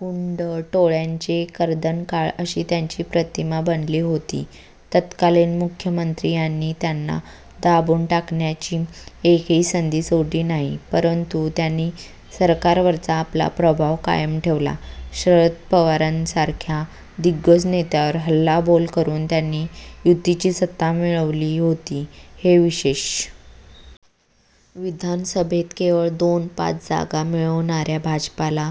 गुण्ड टोळय़ांचे कर्दनकाळ अशी त्यांची प्रतिमा बनली होती. तत्कालीन मुख्यमंत्री यांनी त्यांना दाबून टाकण्याची एकही संधी सोडली नाही; परंतु त्यांनी सरकारवरचा आपला प्रभाव कायम ठेवला. शरद पवारांसारख्या दिग्गज नेत्यावर हल्लाबोल करून त्यांनी युतीची सत्ता मिळवली होती, हे विशेष. विधानसभेत केवळ दोन-पाच जागा मिळवणाऱ्या भाजपाला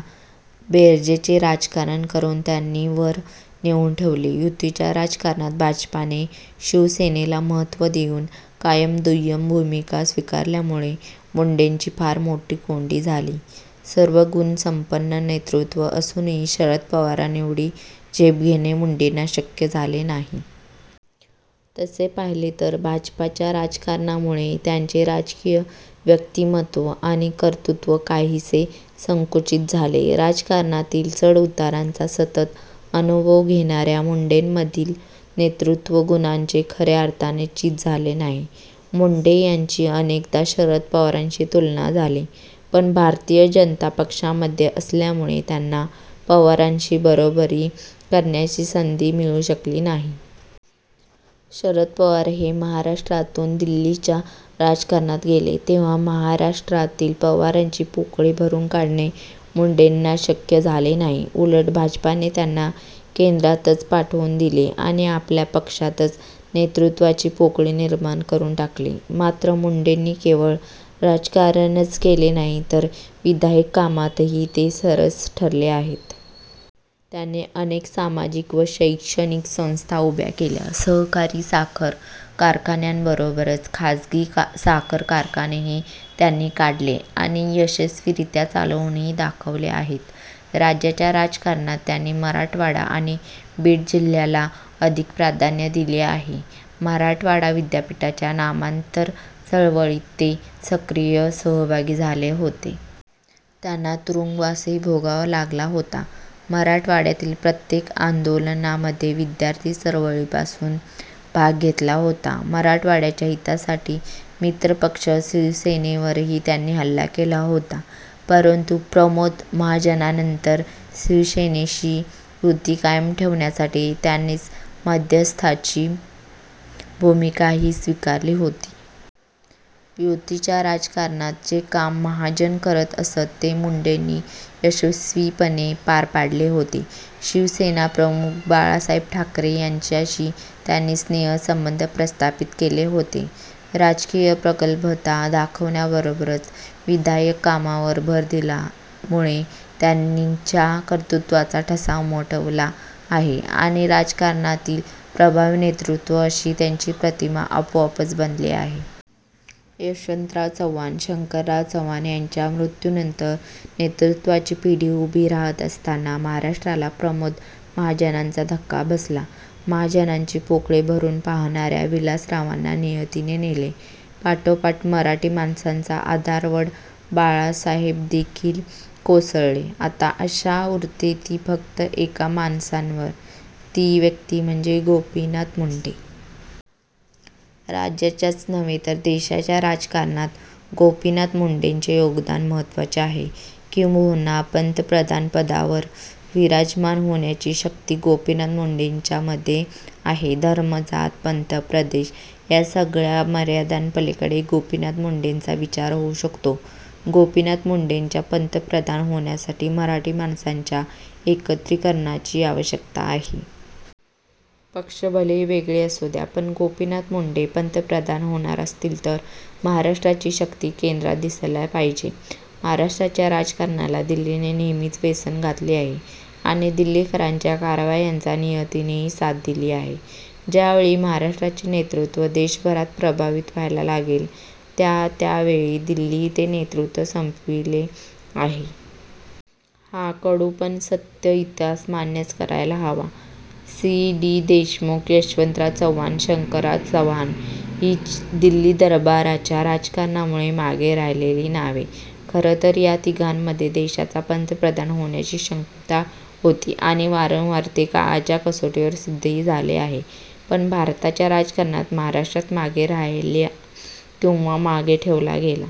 बेरजेचे राजकारण करून त्यांनी वर नेऊन ठेवले. युतीच्या राजकारणात भाजपाने शिवसेनेला महत्त्व देऊन कायम दुय्यम भूमिका स्वीकारल्यामुळे मुंडेंची फार मोठी कोंडी झाली. सर्वगुणसम्पन्न नेतृत्व असूनही शरद पवारांएवढी झेप घेणे मुंडेंना शक्य झाले नाही. तसे पाहिले तर भाजपाच्या राजकारणामुळे त्यांचे राजकीय व्यक्तिमत्त्व आणि कर्तृत्त्व काहीसे संकुचित झाले. राजकारणातील चढउतारांचा सतत अनुभव घेणाऱ्या मुंडेंमधील नेतृत्व गुणांचे खऱ्या अर्थाने चिज झाले नाही. मुंडे यांची अनेकदा शरद पवारांशी तुलना झाली; पण भारतीय जनता पक्षामध्ये असल्यामुळे त्यांना पवारांशी बरोबरी करण्याची संधी मिळू शकली नाही. शरद पवार हे महाराष्ट्रातून दिल्लीच्या राजकारणात गेले, तेव्हा महाराराष्ट्रातील पवारांची पोकळी भरून काढणे मुंडेंना शक्य झाले नाही. उलट भाजपाने त्यांना केंद्रातच पाठवून दिले आणि आपल्या पक्षातच नेतृत्वाची पोकळी निर्माण करून टाकली. मात्र मुंडेंनी केवळ राजकारणच केले नाही, तर विधायक कामातही ते सरस ठरले आहेत. त्यांनी अनेक सामाजिक व शैक्षणिक संस्था उभ्या केल्या. सहकारी साखर कारखान्यांबरोबरच खाजगी साखर कारखानेही त्यांनी काढले आणि यशस्वीरीत्या चालवूनही दाखवले आहेत. राज्याच्या राजकारणात त्यांनी मराठवाडा आणि बीड जिल्ह्याला अधिक प्राधान्य दिले आहे. मराठवाडा विद्यापीठाच्या नामांतर चळवळीत ते सक्रिय सहभागी झाले होते. त्यांना तुरुंगवासही भोगावा लागला होता. मराठवाडय़ातील प्रत्येक आंदोलनामध्ये विद्यार्थी चळवळीपासूनच भाग घेतला होता. मराठवाडय़ाच्या हितासाठी मित्रपक्ष शिवसेनेवरही त्यांनी हल्ला केला होता; परंतु प्रमोद महाजनांनंतर शिवसेनेशी युती कायम ठेवण्यासाठी त्यांनीच मध्यस्थाची भूमिकाही स्वीकारली होती. युतीच्या राजकारणात जे काम महाजन करतअसत ते मुंडेंनी यशस्वीपणे पार पाडले होते. शिवसेनाप्रमुख बाळासाहेब ठाकरे यांच्याशी त्यांनी स्नेहसंबंध प्रस्थापित केले होते. राजकीय प्रगल्भता दाखवण्याबरोबरच विधायक कामावर भर दिल्यामुळे त्यांच्या कर्तृत्त्वाचा ठसा उमटवला आहे आणि राजकारणातील प्रभावी नेतृत्व अशी त्यांची प्रतिमा आपोआपच बनली आहे. यशवन्तराव चव्हाण, शंकरराव चव्हाण यांच्या मृत्यूनंतर नेतृत्वाची पिढी उभी राहत असताना महाराष्ट्राला प्रमोद महाजनांचा धक्का बसला. महाजनांची पोकळी भरू पाहणाऱ्या विलासरावांना नियतीने नेले. पाठोपाठ मराठी माणसांचा आधारवड बाळासाहेबदेखील कोसळले. आता आशा उरते ती फक्त एका माणसांवर आणि ती व्यक्ती म्हणजे गोपीनाथ मुंडे. राज्याच्याच नव्हे तर देशाच्या राजकारणात गोपीनाथ मुंडेचे योगदान महत्त्वाचे आहे. किंबहुना पन्तप्रधानपदावर विराजमान होण्याची शक्ती गोपीनाथ मुंडेच्यामध्ये आहे. धर्म-जात-पंथ-प्रदेश या सगळय़ा मर्यादांपलीकडे गोपीनाथ मुंडेचा विचार होऊ शकतो. गोपीनाथ मुंडेच्या पन्तप्रधान होण्यासाठी मराठी माणसांच्या एकत्रीकरणाची आवश्यकता आहे. पक्ष भलेही वेगळे असू द्या पण गोपीनाथ मुंडे पन्तप्रधान होणार असतील तर महाराष्ट्राची शक्ती केंद्रात दिसायला पाहिजे. महाराष्ट्राच्या राजकारणाला दिल्लीने नेहमीच वेसण घातली आहे आणि दिल्लीकरांच्या कारवायांचा नियतीनेही साथ दिली आहे. ज्या वेळी महाराष्ट्राचे नेतृत्व देशभरात प्रभावित व्हायला लागेल त्या त्या वेळी दिल्ली ते नेतृत्व संपविले आहे. हा कडू पण सत्य इतिहास मान्यच करायला हवा. सी. डी. देशमुख, यशवन्तराव चव्हाण, शंकरराव चव्हाण ही दिल्ली दरबाराच्या राजकारणामुळे मागे राहिलेली नावे. खरंतर या तिघांमध्ये देशाचा पन्तप्रधान होण्याची क्षमता होती आणि वारंवार ते काळाच्या कसोटीवर सिद्धही झाले आहे; पण भारताच्या राजकारणात महाराष्ट्र मागे राहिला किंवा मागे ठेवला गेला.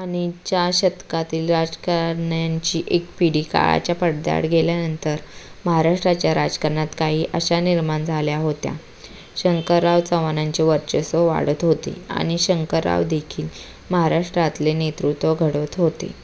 आणि च्या शतकातील राजकारण्यांची एक पिढी काळाच्या पडद्याआड गेल्यानंतर महाराष्ट्राच्या राजकारणात काही आशा निर्माण झाल्या होत्या. शंकरराव चव्हाणांचे वर्चस्व वाढत होते आणि शंकररावदेखील महाराष्ट्रातले नेतृत्व घडवत होते.